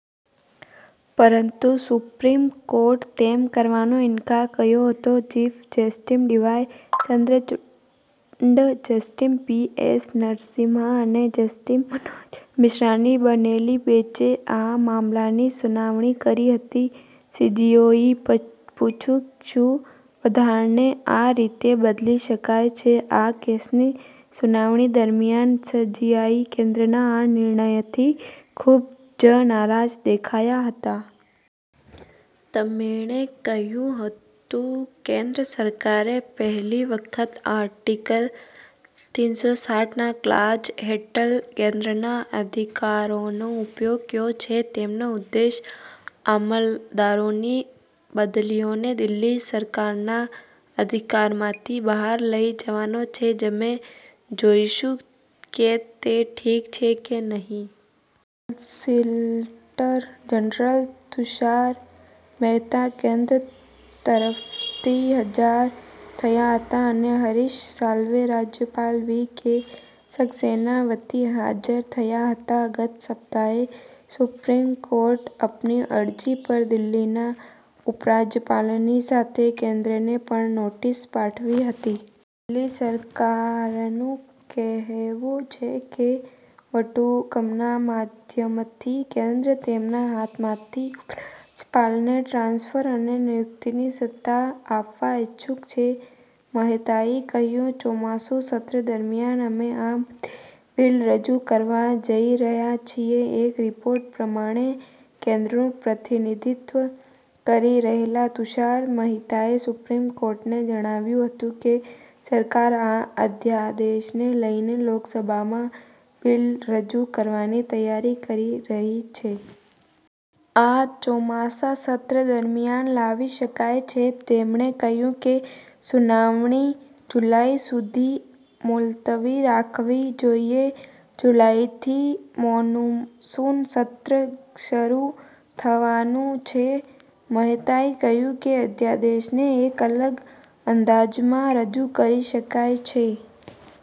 પરંતુ સુપ્રીમ કોર્ટે તેમ કરવાનો ઇનકાર કર્યો હતો. Chief justice D Y Chandrachud, justice P S Narasimha અને જસ્ટિસ મનોજ મિશ્રાની બનેલી બેન્ચે આ મામલાની સુનાવણી કરી હતી. સીજેઆઈએ પૂછ્યું કે શું બંધારણને આ રીતે બદલી શકાય છે આ કેસની સુનાવણી દરમિયાન સીજેઆઈ કેન્દ્રના આ નિર્ણયથી ખૂબ જ નારાજ દેખાયા હતા. તેમણે કહ્યું હતું કે કેન્દ્ર સરકારે પહેલી વખત આર્ટિકલ એએના ક્લાજ હેઠળ કેન્દ્રના અધિકારોનો ઉપયોગ કર્યો છે. તેમનો ઉદ્દેશ અમલદારોની બદલીઓને દિલ્હી સરકારના અધિકારમાંથી બહાર લઇ જવાનો છે. અમે જોઈશું કે તે ઠીક છે કે નહીં. સોલિસિટર જનરલ તુષાર મહેતા કેન્દ્ર તરફથી હાજર થયા હતા અને હરીશ સાલ્વે રાજ્યપાલ વી કે સક્સેના વતી હાજર થયા હતા. ગત સપ્તાહે સુપ્રીમ કોર્ટે આપની અરજી પર દિલ્હીના ઉપરાજ્યપાલની સાથે કેન્દ્રને પણ નોટિસ પાઠવી હતી. દિલ્હી સરકારનું કહેવું છે કે વટહુકમના માધ્યમથી કેન્દ્ર તેમના હાથમાંથી ઉપરાજ્યપાલને ટ્રાન્સફર અને નિયુક્તિની સત્તા આપવા ઇચ્છુક છે. મહેતાએ કહ્યું – ચોમાસુ સત્ર દરમિયાન અમે આ મુદ્દે બિલ રજૂ કરવા જઈ રહ્યા છીએ એક રિપોર્ટ પ્રમાણે કેન્દ્રનું પ્રતિનિધિત્વ કરી રહેલા તુષાર મહેતાએ સુપ્રીમ કોર્ટને જણાવ્યું હતું કે સરકાર આ અધ્યાદેશને લઈને લોકસભામાં બિલ રજૂ કરવાની તૈયારી કરી રહી છે. આ ચોમાસા સત્ર દરમિયાન લાવી શકાય છે. તેમણે કહ્યું કે સુનાવણી જુલાઇ સુધી મુલતવી રાખવી જોઈએ. જુલાઈથી મોનસુન સત્ર શરૂ થવાનું છે. મહેતાએ કહ્યું કે અધ્યાદેશનને એક અલગ અંદાજમાં રજૂ કરી શકાય છે.